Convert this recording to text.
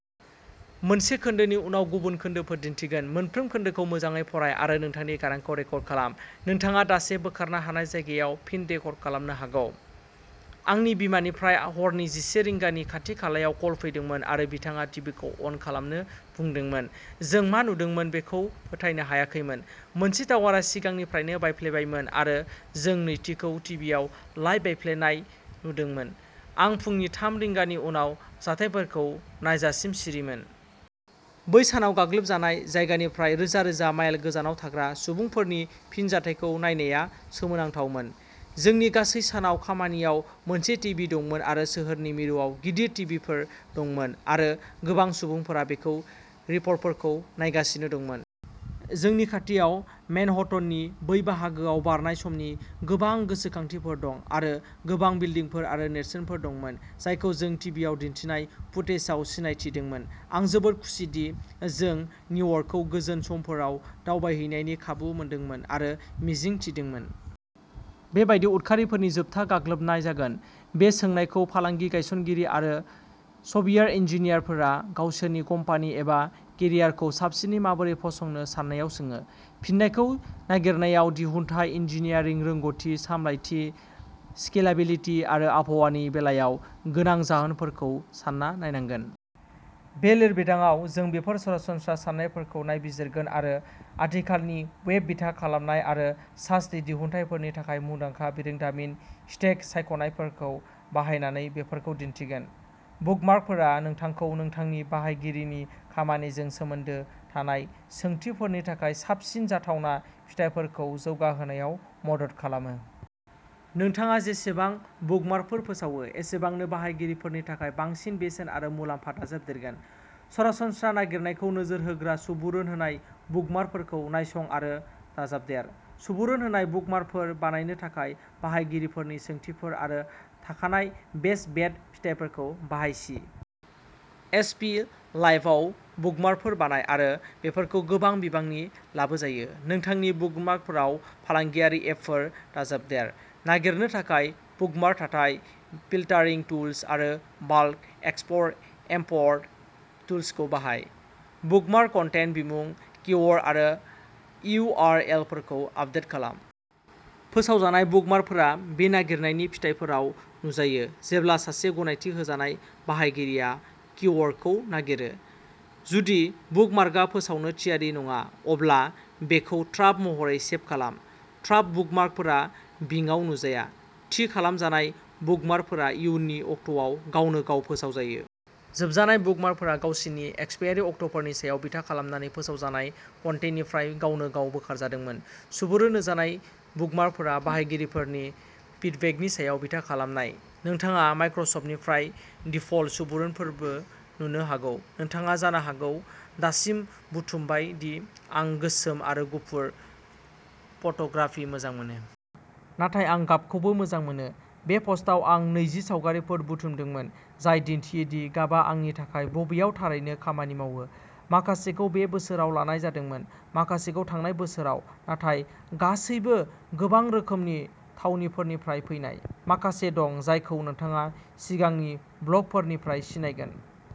आंनि बिमानिफ्राय हरनि जिसे रिंगानि खाथि-खालायाव कल फैदोंमोन आरो बिथाङा टिभिखौ अन खालामनो बुंदोंमोन। जों मा नुदोंमोन बेखौ फोथायनो हायाखैमोन। मोनसे टावारा सिगांनिफ्रायनो बायफ्लेबायमोन आरो जों नैथिखौ टिभिआव लाइभ बायफ्लेनाय नुदोंमोन। आं फुंनि थाम रिंगानि उनाव जाथायफोरखौ नायजासिम सिरिमोन। बै सानाव गाग्लोब जानाय जायगानिफ्राय रोजा-रोजा माइल गोजानाव थाग्रा सुबुंफोरनि फिनजाथायखौ नायनाया सोमोनांथावमोन। जोंनि गासै सानाव खामानियाव मोनसे टिभि दंमोन आरो सोहोरनि मिरुआव गिदिर टिभिफोर दंमोन आरो गोबां सुबुंफोरा खौरां रिपर्टफोरखौ नायगासिनो दंमोन। जोंनि खाथियाव मेनहट्टननि बै बाहागोआव बारनाय समनि गोबां गोसोखांथिफोर दं आरो गोबां बिल्डिंफोर आरो नेरसोनफोर दंमोन जायखौ जों टिभिआव दिन्थिनाय फुटेजआव सिनायथिदोंमोन। आं जोबोद खुसिदि जों निउयर्कखौ गोजोन समफोराव दावबायहैनायनि खाबु मोनदोंमोन आरो मिजिं थिदोंमोन। बे बायदि उदखारिफोरनि जोबथा गाग्लोबनाय जागोन। बे सोंनायखौ फालांगि गायसनगिरि आरो सफ्टवेयार इन्जिनियारफोरा गावसोरनि कम्पानि एबा केरियारखौ साबसिनै माबोरै फसंनो साननायाव सोङो। फिननायखौ नागिरनायाव, दिहुनथाय, इन्जिनियारिं रोंग'थि, सामलायथि, स्केलाबिलिटि आरो आबहावानि बेलायाव गोनां जाहोनफोरखौ सानना नायनांगोन। बे लिरबिदांआव, जों बेफोर सरासनस्रा सान्नायफोरखौ नायबिजिरगोन आरो आथिखालनि वेब बिथा खालामनाय आरो सास दिहुनथायफोरनि थाखाय मुंदांखा बिरोंदामिन स्तेक सायख'नायफोरखौ बाहायनानै बेफोरखौ दिन्थिगोन। बुकमार्कफोरा नोंथांखौ नोंथांनि बाहायगिरिनि खामानिजों सोमोन्दो थानाय सोंथिफोरनि थाखाय साबसिन जाथावना फिथायफोरखौ जौगाहोनायाव मदद खालामो। नोंथाङा जेसेबां बुकमार्कफोर फोसावो, एसेबांनो बाहायगिरिफोरनि थाखाय बांसिन बेसेन आरो मुलाम्फा दाजाबदेरगोन। सरासनस्रा नागिरनायखौ नोजोर होग्रा सुबुरुन होनाय बुकमार्कफोरखौ नायसं आरो दाजाबदेर। सुबुरुन होनाय बुकमार्कफोर बानायनो थाखाय बाहायगिरिफोरनि सोंथिफोर आरो थाखानाय बेस्ट बेट फिथायफोरखौ बाहाय। सि एस भि फाइलआव बुकमार्कफोर बानाय आरो बेफोरखौ गोबां बिबांनि लाबोजायो। नोंथांनि बुकमार्कफोराव फालांगियारि एपफोर दाजाबदेर। नागिरनो थाखाय बुकमार्क थाथाय, फिल्टारिं टुल्स आरो बाल्क एक्सप'र्ट इमपर्ट टुल्सखौ बाहाय। बुकमार्क कन्टेन्ट, बिमुं, किवर्ड आरो इउआरएलफोरखौ आपडेट खालाम। फोसावजानाय बुकमार्कफोरा बि नागिरनायनि फिथाइफोराव नुजायो जेब्ला सासे गनायथि होजानाय बाहायगिरिया किवर्डखौ नागिरो। जुदि बुकमार्कआ फोसावनो थियारि नङा, अब्ला बेखौ ड्राफ्ट महरै सेब खालाम। ड्राफ्ट बुकमार्कफोरा बिंआव नुजाया। थि खालामजानाय बुकमार्कफोरा इयुननि अक्ट'आव गावनो गाव फोसावजायो। जोबजानाय बुकमार्कफोरा गावसिनि एक्सपायरि अक्ट'फोरनि सायाव बिथा खालामनानै फोसावजानाय कन्टेन्टनिफ्राय गावनो गाव बोखारजादोंमोन। सुबुरुन होजानाय बुकमार्कफोरा बाहायगिरिफोरनि फिडबेकनि सायाव बिथा खालामनाय। नोंथाङा माइक्र'सफ्टनिफ्राय दिफल्ट सुबुरुनफोरबो नुनो हागौ। नोंथाङा जानो हागौ दासिम बुथुमबाय दि आं गोसोम आरो गुफुर फट'ग्राफि मोजां मोनो। नाथाय आं गाबखौबो मोजां मोनो। बे पस्टआव आं नैजि सावगारिफोर बुथुमदों जाय दिन्थियो दि गाबआ आंनि थाखाय बबेयाव थारैनो खामानि मावो। माखासेखौ बे बोसोराव लानाय जादोंमोन, माखासेखौ थांनाय बोसोराव, नाथाय गासैबो गोबां रोखोमनि थावनिफोरनिफ्राय फैनाय। माखासे दं जायखौ नोंथाङा सिगांनि ब्लगफोरनिफ्राय सिनायगोन।